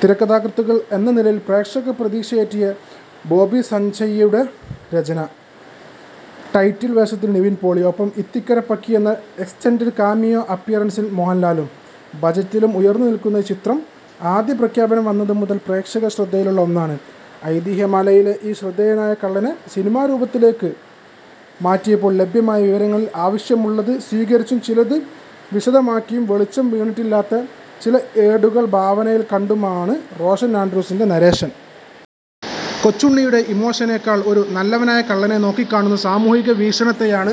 തിരക്കഥാകൃത്തുക്കൾ എന്ന നിലയിൽ പ്രേക്ഷക പ്രതീക്ഷയേറ്റിയ ബോബി സഞ്ജയ്യുടെ രചന, ടൈറ്റിൽ വേഷത്തിൽ നിവിൻ പോളി. ഒപ്പം ഇത്തിക്കര പക്കി എന്ന എക്സ്റ്റന്റഡ് കാമിയോ അപ്പിയറൻസിൽ മോഹൻലാലും. ബജറ്റിലും ഉയർന്നു നിൽക്കുന്ന ഈ ചിത്രം ആദ്യ പ്രഖ്യാപനം വന്നത് മുതൽ പ്രേക്ഷകശ്രദ്ധയിലുള്ള ഒന്നാണ്. ഐതിഹ്യമാലയിലെ ഈ ' ശ്രദ്ധേയനായ കള്ളനെ ' സിനിമാരൂപത്തിലേക്ക് മാറ്റിയപ്പോൾ ലഭ്യമായ വിവരങ്ങളിൽ ആവശ്യമുള്ളത് സ്വീകരിച്ചും ചിലത് വിശദമാക്കിയും വെളിച്ചം വീണിട്ടില്ലാത്ത ചില ഏടുകൾ ഭാവനയിൽ കണ്ടുമാണ് റോഷൻ ആൻഡ്രൂസിന്റെ നരേഷൻ. കൊച്ചുണ്ണിയുടെ ' ഇമോഷനേ ' ക്കാൾ ഒരു ' നല്ലവനായ കള്ളനെ ' നോക്കിക്കാണുന്ന സാമൂഹിക വീക്ഷണത്തെയാണ്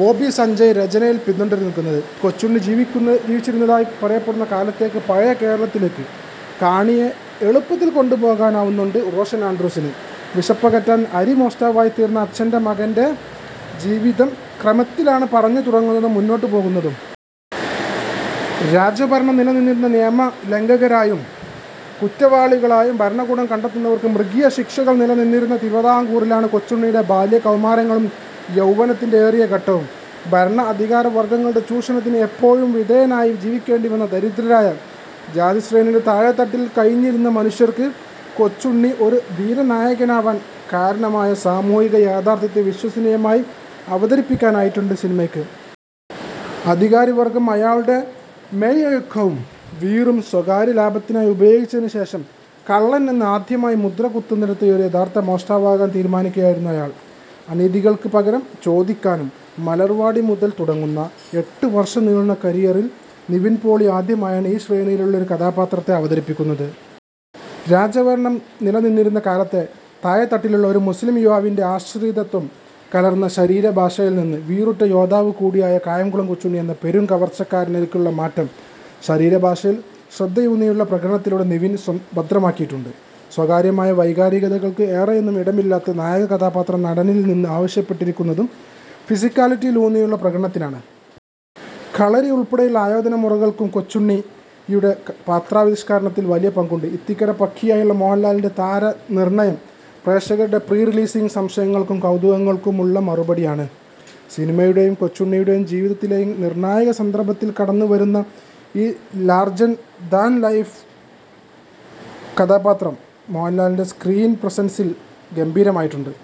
ബോബി സഞ്ജയ് രചനയിൽ പിന്തുടർന്നിരിക്കുന്നത്. കൊച്ചുണ്ണി ജീവിച്ചിരുന്നതായി പറയപ്പെടുന്ന കാലത്തേക്ക്, പഴയ കേരളത്തിലേക്ക് കാണിയെ എളുപ്പത്തിൽ കൊണ്ടുപോകാനാവുന്നുണ്ട് റോഷൻ ആൻഡ്രൂസിന്. വിശപ്പകറ്റാൻ അരി മോഷ്ടാവായിത്തീർന്ന അച്ഛന്റെ മകന്റെ ജീവിതം ക്രമത്തിലാണ് പറഞ്ഞുതുടങ്ങുന്നതും മുന്നോട്ടുപോകുന്നതും. രാജഭരണം നിലനിന്നിരുന്ന, നിയമ ' ലംഘകരാ ' യും കുറ്റവാളികളായും ഭരണകൂടം കണ്ടെത്തുന്നവർക്ക് മൃഗീയ ശിക്ഷകൾ നിലനിന്നിരുന്ന തിരുവിതാംകൂറിലാണ് കൊച്ചുണ്ണിയുടെ ബാല്യ, കൌമാരങ്ങളും യൌവനത്തിന്റെ ഏറിയ ഘട്ടവും. ഭരണ, അധികാര വർഗ്ഗങ്ങളുടെ ചൂഷണത്തിന് എപ്പോഴും വിധേയനാ യി ജീവിക്കേണ്ടിവന്ന ദരിദ്രരായ, ജാതിശ്രേണിയുടെ താഴേത്തട്ടിൽ കഴിഞ്ഞിരുന്ന മനുഷ്യർക്ക് കൊച്ചുണ്ണി ഒരു വീരനായകനാവാൻ കാരണമായ സാമൂഹിക യാഥാർഥ്യത്തെ വിശ്വസനീയമായി അവതരിപ്പിക്കാനായിട്ടുണ്ട് സിനിമയ്ക്ക്. അധികാരി വർഗ്ഗം അയാളുടെ മെയ്വഴക്കവും വീറും സ്വകാര്യലാഭത്തിനായി ഉപയോഗിച്ചതിന് ശേഷം കള്ളൻ എന്ന് ആദ്യമായി മുദ്ര കുത്തുന്നിടത്ത് ഒരു യഥാർഥ മോഷ്ടാവാകാൻ തീരുമാനിക്കുകയാണ് അയാൾ, അനീതികൾക്ക് പകരം ചോദിക്കാനും. ' മലർവാടി ' മുതൽ തുടങ്ങുന്ന എട്ട് വർഷം നീളുന്ന കരിയറിൽ നിവിൻ പോളി ആദ്യമായാണ് ഈ ശ്രേണിയിലുള്ള ഒരു കഥാപാത്രത്തെ അവതരിപ്പിക്കുന്നത്. രാജഭരണം നിലനിന്നിരുന്ന കാലത്തെ താഴേത്തട്ടിലുള്ള, ഒരു മുസ്ലിം യുവാവിന്റെ ആശ്രിതത്വം കലർന്ന ശരീരഭാഷയിൽ നിന്ന് വീറുറ്റ യോദ്ധാവ് കൂടിയായ കായംകുളം കൊച്ചുണ്ണി എന്ന പെരും കവർച്ചക്കാരനിലേക്കുള്ള മാറ്റം ശരീരഭാഷയിൽ ശ്രദ്ധയൂന്നിയുള്ള പ്രകടനത്തിലൂടെ നിവിൻ ഭദ്രമാക്കിയിട്ടുണ്ട്. സ്വകാര്യമായ വൈകാരികതകൾക്ക് ഏറെയൊന്നും ഇടമില്ലാത്ത നായക കഥാപാത്രം നടനിൽ നിന്ന് ആവശ്യപ്പെട്ടിരിക്കുന്നതും ഫിസിക്കാലിറ്റിയിൽ ഊന്നിയുള്ള പ്രകടനത്തിനാണ്. കളരി ഉൾപ്പെടെയുള്ള ആയോധന മുറകൾക്കും ' കൊച്ചുണ്ണി ' യുടെ പാത്രാവിഷ്കാരത്തിൽ വലിയ പങ്കുണ്ട്. ഇത്തിക്കര പക്കിയായുള്ള മോഹൻലാലിന്റെ താരനിർണയം പ്രേക്ഷകരുടെ പ്രീ റിലീസ് സംശയങ്ങൾക്കും കൌതുകങ്ങൾക്കുമുള്ള മറുപടിയാണ്. സിനിമയുടെയും കൊച്ചുണ്ണിയുടെ ജീവിതത്തിലെയും നിർണായക സന്ദർഭത്തിൽ കടന്നുവരുന്ന ഈ ലാർജർ ദാൻ ലൈഫ് കഥാപാത്രം മോഹൻലാലിന്റെ സ്ക്രീൻ പ്രസൻസിൽ ഗംഭീരമായിട്ടുണ്ട്.